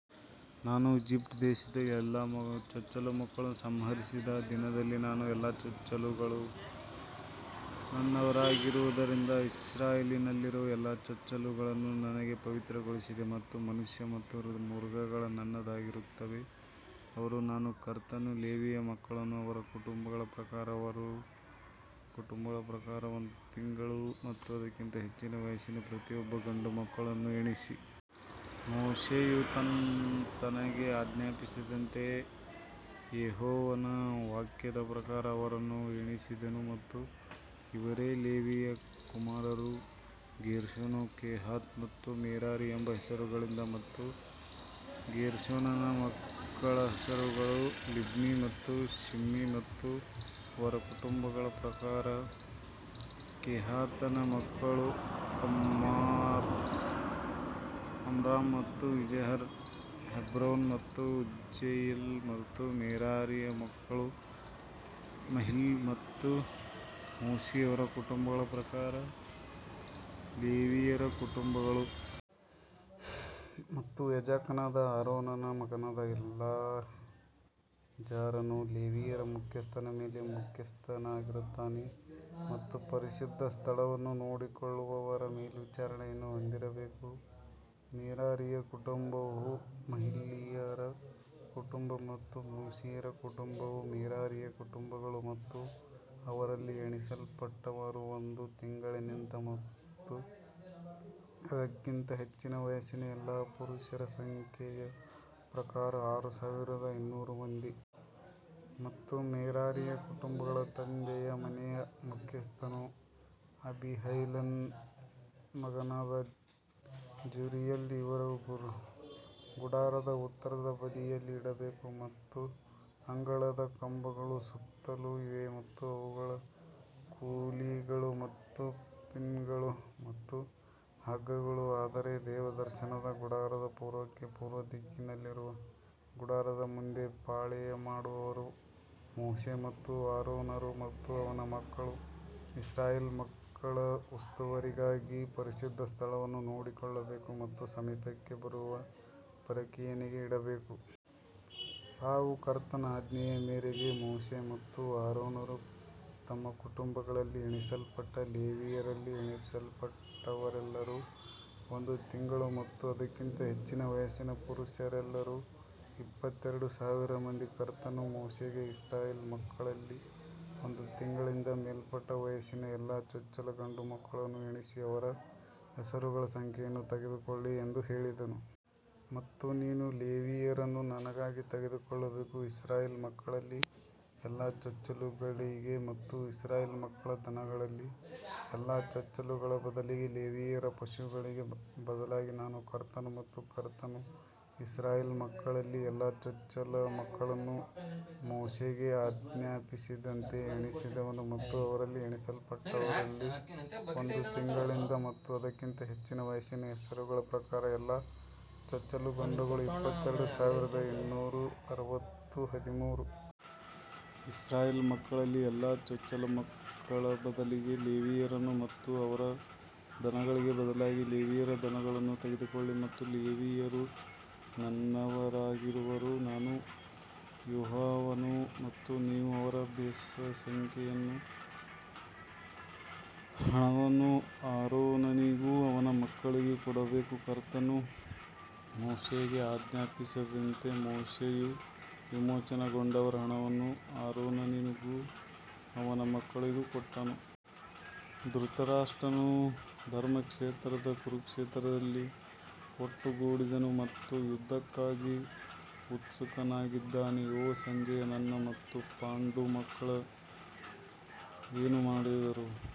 ನಾನು ಈಜಿಪ್ಟ್ ದೇಶದಲ್ಲಿ ಎಲ್ಲಾ ಚೊಚ್ಚಲ ಮಕ್ಕಳನ್ನು ಸಂಹರಿಸಿದ ದಿನದಲ್ಲಿ ನಾನು ಎಲ್ಲಾ ಚೊಚ್ಚಲುಗಳು ನನ್ನವರಾಗಿರುವದರಿಂದ ಇಸ್ರಾಯೇಲಿನಲ್ಲಿರುವ ಎಲ್ಲಾ ಚೊಚ್ಚಲುಗಳನ್ನು ನನಗೆ ಪವಿತ್ರಗೊಳಿಸಿದೆ ಮತ್ತು ಮನುಷ್ಯ ಮತ್ತು ಮೃಗಗಳು ನನ್ನದಾಗಿರುತ್ತವೆ, ಅವರು ನಾನು ಕರ್ತನು. ಲೇವಿಯ ಮಕ್ಕಳನ್ನು ಅವರ ಕುಟುಂಬಗಳ ಪ್ರಕಾರ ಅವರ ಕುಟುಂಬಗಳ ಪ್ರಕಾರ ಒಂದು ತಿಂಗಳು ಮತ್ತು ಅದಕ್ಕಿಂತ ಹೆಚ್ಚಿನ ವಯಸ್ಸಿನ ಪ್ರತಿಯೊಬ್ಬ ಗಂಡು ಮಕ್ಕಳನ್ನು ಎಣಿಸಿ. ಮೋಶೆಯು ತನಗೆ ಆಜ್ಞಾಪಿಸಿದಂತೆಯೇ ಯೆಹೋವನ ವಾಕ್ಯದ ಪ್ರಕಾರ ಅವರನ್ನು ಎಣಿಸಿದನು ಮತ್ತು ಇವರೇ ಲೇವಿಯ ಕುಮಾರರು ಗೇರ್ಷೋನ್, ಕೆಹಾತ್ ಮತ್ತು ಮೆರಾರಿ ಎಂಬ ಹೆಸರುಗಳಿಂದ ಮತ್ತು ಗೇರ್ಷೋನನ ಮಕ್ಕಳ ಹೆಸರುಗಳು ಲಿಬ್ನಿ ಮತ್ತು ಶಿಮ್ಮೀ ಮತ್ತು ಅವರ ಕುಟುಂಬಗಳ ಪ್ರಕಾರ ಕೆಹಾತನ ಮಕ್ಕಳು ಅಮ್ರಾಮ್ ಮತ್ತು ಇಜೆಹರ್ ಹೆಬ್ರೋನ್ ಮತ್ತು ಉಜ್ಜೀಯೇಲ್ ಮತ್ತು ಮೆರಾರಿಯ ಮಕ್ಕಳು ಮಹ್ಲಿ ಮತ್ತು ಮೂಷಿ ಅವರ ಕುಟುಂಬಗಳ ಪ್ರಕಾರ ಲೇವಿಯರ ಕುಟುಂಬಗಳು. ಮತ್ತು ಯಾಜಕನಾದ ಆರೋನನ ಮಗನಾದ ಎಲ್ಲಾಜಾರನು ಲೇವಿಯರ ಮುಖ್ಯಸ್ಥನ ಮೇಲೆ ಮುಖ್ಯಸ್ಥನಾಗಿರುತ್ತಾನೆ ಮತ್ತು ಪರಿಶುದ್ಧ ಸ್ಥಳವನ್ನು ನೋಡಿಕೊಳ್ಳುವವರ ಮೇಲ್ವಿಚಾರಣೆಯನ್ನು ಹೊಂದಿರಬೇಕು. ಮೆರಾರಿಯ ಕುಟುಂಬವು ಮಹ್ಲೀಯರ ಕುಟುಂಬ ಮತ್ತು ಮೂಷಿಯರ ಕುಟುಂಬವು ಮೆರಾರಿಯ ಕುಟುಂಬಗಳು. ಮತ್ತು ಅವರಲ್ಲಿ ಎಣಿಸಲ್ಪಟ್ಟವರು ಒಂದು ತಿಂಗಳಿನಿಂದ ಮತ್ತು ಅದಕ್ಕಿಂತ ಹೆಚ್ಚಿನ ವಯಸ್ಸಿನ ಎಲ್ಲಾ ಪುರುಷರ ಸಂಖ್ಯೆಯ ಪ್ರಕಾರ ಆರು ಸಾವಿರದ ಇನ್ನೂರು ಮಂದಿ. ಮತ್ತು ಮೆರಾರಿಯ ಕುಟುಂಬಗಳ ತಂದೆಯ ಮನೆಯ ಮುಖ್ಯಸ್ಥನು ಅಬೀಹೈಲನ ಮಗನಾದ ಜುರಿಯಲ್, ಇವರು ಗುಡಾರದ ಉತ್ತರದ ಬದಿಯಲ್ಲಿ ಇಡಬೇಕು. ಮತ್ತು ಅಂಗಳದ ಕಂಬಗಳು ಸುತ್ತಲೂ ಇವೆ ಮತ್ತು ಅವುಗಳ ಕುಳಿಗಳು ಮತ್ತು ಪಿನ್ಗಳು ಮತ್ತು ಹಗ್ಗಗಳು ಆದರೆ ದೇವದರ್ಶನದ ಗುಡಾರದ ಪೂರ್ವಕ್ಕೆ ಪೂರ್ವದಿಕ್ಕಿನಲ್ಲಿರುವ ಗುಡಾರದ ಮುಂದೆ ಪಾಳೆಯಮಾಡುವವರು ಮೋಶೆ ಮತ್ತು ಆರೋನರು ಮತ್ತು ಅವನ ಮಕ್ಕಳು ಇಸ್ರಾಯೇಲ್ ಮಕ್ಕಳ ಉಸ್ತುವಾರಿಗಾಗಿ ಪರಿಶುದ್ಧ ಸ್ಥಳವನ್ನು ನೋಡಿಕೊಳ್ಳಬೇಕು ಮತ್ತು ಸಮೀಪಕ್ಕೆ ಬರುವ ಪರಕೀಯನಿಗೆ ಇಡಬೇಕು. ಸಾವು ಕರ್ತನ ಆಜ್ಞೆಯ ಮೇರೆಗೆ ಮೋಶೆ ಮತ್ತು ಆರೋನರು ತಮ್ಮ ಕುಟುಂಬಗಳಲ್ಲಿ ಎಣಿಸಲ್ಪಟ್ಟ ಲೇವಿಯರಲ್ಲಿ ಎಣಿಸಲ್ಪಟ್ಟವರೆಲ್ಲರೂ ಒಂದು ತಿಂಗಳು ಮತ್ತು ಅದಕ್ಕಿಂತ ಹೆಚ್ಚಿನ ವಯಸ್ಸಿನ ಪುರುಷರೆಲ್ಲರೂ ಇಪ್ಪತ್ತೆರಡು ಸಾವಿರ ಮಂದಿ. ಕರ್ತನು ಮೋಶೆಗೆ ಇಸ್ರಾಯೇಲ್ ಮಕ್ಕಳಲ್ಲಿ ಒಂದು ತಿಂಗಳಿಂದ ಮೇಲ್ಪಟ್ಟ ವಯಸ್ಸಿನ ಎಲ್ಲಾ ಚೊಚ್ಚಲ ಗಂಡುಮಕ್ಕಳನ್ನು ಎಣಿಸಿ ಅವರ ಹೆಸರುಗಳ ಸಂಖ್ಯೆಯನ್ನು ತೆಗೆದುಕೊಳ್ಳಿ ಎಂದು ಹೇಳಿದನು. ಮತ್ತು ನೀನು ಲೇವಿಯರನ್ನು ನನಗಾಗಿ ತೆಗೆದುಕೊಳ್ಳಬೇಕು, ಇಸ್ರಾಯೇಲ್ ಮಕ್ಕಳಲ್ಲಿ ಎಲ್ಲಾ ಚೊಚ್ಚಲುಗಳಿಗೆ ಮತ್ತು ಇಸ್ರಾಯೇಲ್ ಮಕ್ಕಳ ದನಗಳಲ್ಲಿ ಎಲ್ಲಾ ಚೊಚ್ಚಲುಗಳ ಬದಲಿಗೆ ಲೇವಿಯರ ಪಶುಗಳಿಗೆ ಬದಲಾಗಿ ನಾನು ಕರ್ತನು. ಮತ್ತು ಕರ್ತನು ಇಸ್ರಾಯೇಲ್ ಮಕ್ಕಳಲ್ಲಿ ಎಲ್ಲಾ ಚೊಚ್ಚಲ ಮಕ್ಕಳನ್ನು ಮೋಶೆಗೆ ಆಜ್ಞಾಪಿಸಿದಂತೆಯೇ ಎಣಿಸಿದನು ಮತ್ತು ಅವರಲ್ಲಿ ಎಣಿಸಲ್ಪಟ್ಟವರಲ್ಲಿ ಒಂದು ತಿಂಗಳಿಂದ ಮತ್ತು ಅದಕ್ಕಿಂತ ಹೆಚ್ಚಿನ ವಯಸ್ಸಿನ ಹೆಸರುಗಳ ಪ್ರಕಾರ ಎಲ್ಲಾ ಚೊಚ್ಚಲ ಗಂಡುಗಳು ಇಪ್ಪತ್ತೆರಡು ಸಾವಿರದ ಇನ್ನೂರ ಅರವತ್ತು ಹದಿಮೂರು. ಇಸ್ರಾಯೇಲ್ ಮಕ್ಕಳಲ್ಲಿ ಎಲ್ಲಾ ಚೊಚ್ಚಲ ಮಕ್ಕಳ ಬದಲಿಗೆ ಲೇವಿಯರನ್ನು ಮತ್ತು ಅವರ ದನಗಳಿಗೆ ಬದಲಾಗಿ ಲೇವಿಯರ ದನಗಳನ್ನು ತೆಗೆದುಕೊಳ್ಳಿ ಮತ್ತು ಲೇವಿಯರು ನನ್ನವರಾಗಿರುವರು, ನಾನು ಯೆಹೋವನು ಮತ್ತು ನೀವು ಅವರ ಬೆಸ ಸಂಖ್ಯೆಯ ಹಣವನ್ನು ಆರೋನನಿಗೂ ಅವನ ಮಕ್ಕಳಿಗೂ ಕೊಡಬೇಕು. ಕರ್ತನು ಮೋಶೆಗೆ ಆಜ್ಞಾಪಿಸಿದಂತೆ ಮೋಶೆಯು ವಿಮೋಚನೆಗೊಂಡವರ ಹಣವನ್ನು ಆರೋನನಿಗೂ ಅವನ ಮಕ್ಕಳಿಗೂ ಕೊಟ್ಟನು. ಧೃತರಾಷ್ಟ್ರನು ಧರ್ಮಕ್ಷೇತ್ರದ ಕುರುಕ್ಷೇತ್ರದಲ್ಲಿ ಒಟ್ಟುಗೂಡಿದನು ಮತ್ತು ಯುದ್ಧಕ್ಕಾಗಿ ಉತ್ಸುಕನಾಗಿದ್ದೇನೆ ಓ ಸಂಜಯ್ ನನ್ನ ಮತ್ತು ಪಾಂಡು ಮಕ್ಕಳು ಏನು ಮಾಡಿದರು.